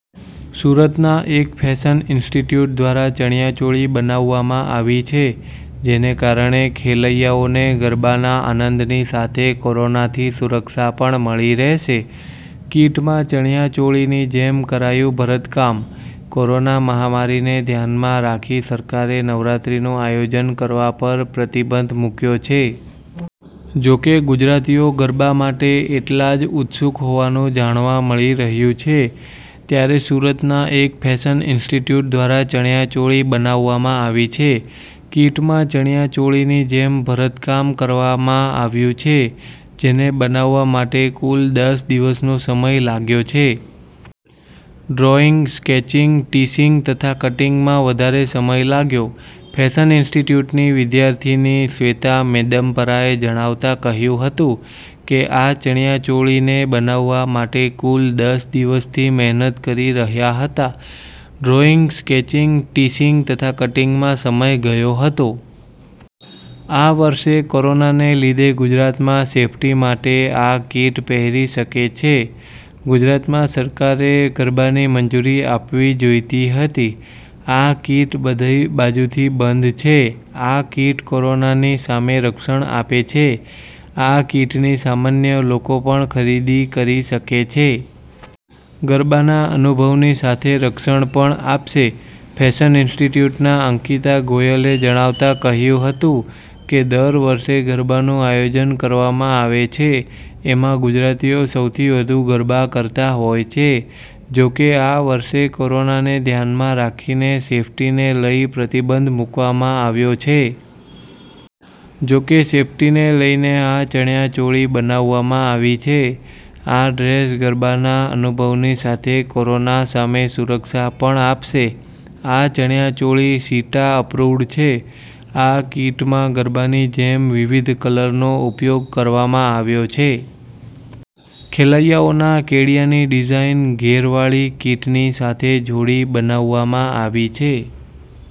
સુરતના એક fashion institute દ્વારા ચણીયા ચોળી બનાવવામાં આવી છે. જેને કારણે ખેલૈયાઓને ગરબાનાં આનંદની સાથે કોરોનાથી સુરક્ષા પણ મળી રહેશે. કીટમાં ચણીયા ચોળીની જેમ કરાયું ભરતકામ: કોરોના મહામારીને ધ્યાનમાં રાખી સરકારે નવરાત્રિનું આયોજન કરવાં પર પ્રતિબંધ મૂકયો છે. જો કે, ગુજરાતીઓ ગરબા માટે એટલા જ ઉત્સુક હોવાનું જાણવા મળી રહ્યું છે ત્યારે સુરતનાં એક ફેશન ઈન્સ્ટિટ્યૂટ દ્વારા ચણીયા ચોળી બનાવવામાં આવી છે. કીટમાં ચણીયા ચોળીની જેમ ભરતકામ કરવામાં આવ્યું છે. જેને બનાવવા માટે કુલ દસ દિવસનો સમય લાગ્યો છે. ડ્રોઈંગ, સ્કેચિંગ, ટિશિંગ તથા કટીંગમાં વધારે સમય લાગ્યો: ફેશન ઈન્સ્ટિટ્યૂટની વિદ્યાર્થિની શ્વેતા મેંદપરાએ જણાવતાં કહ્યું હતું કે, આ ચણીયા ચોળીને બનાવવાં માટે કુલ દસ દિવસથી મહેનત કરી રહ્યા હતા. ડ્રોઈંગ, સ્કેચિંગ, ટિશિંગ તથા કટીંગમાં સમય ગયો હતો. આ વર્ષે કોરોનાને લીધે ગુજરાતમાં સેફ્ટી માટે આ કીટ પહેરી શકે છે. ગુજરાતમાં સરકારે ગરબાની મંજુરી આપવી જોઈતી હતી. આ કીટ બધી બાજુથી બંધ છે. આ કીટ કોરોનાની સામે રક્ષણ આપે છે. આ કીટની સામાન્ય લોકો પણ ખરીદી કરી શકે છે. ગરબાનાં અનુભવની સાથે રક્ષણ પણ આપશે: ફેશન ઈન્સ્ટિટ્યૂટનાં અંકિતા ગોયલે જણાવતાં કહ્યું હતું કે, દર વર્ષે ગરબાનું આયોજન કરવામાં આવે છે. એમાં ગુજરાતીઓ સૌથી વધુ ગરબા કરતા હોય છે. જો કે, આ વર્ષે કોરોનાને ધ્યાનમાં રાખીને સેફ્ટીને લઈ પ્રતિબંધ મૂકવામાં આવ્યો છે. જો કે, સેફ્ટીને લઈને આ ચણીયા ચોળી બનાવવામાં આવી છે. આ ડ્રેસ ગરબાનાં અનુભવની સાથે કોરોના સામે સુરક્ષા પણ આપશે. આ ચણીયા ચોળી સીટા અપ્રુવ્ડ છે. આ કીટમાં ગરબાની જેમ વિવિધ કલરનો ઉપયોગ કરવામાં આવ્યો છે. ખેલૈયાઓના કેડિયાની ડિઝાઈન, ઘેરવાળી કીટની સાથે જોડી બનાવવામાં આવી છે.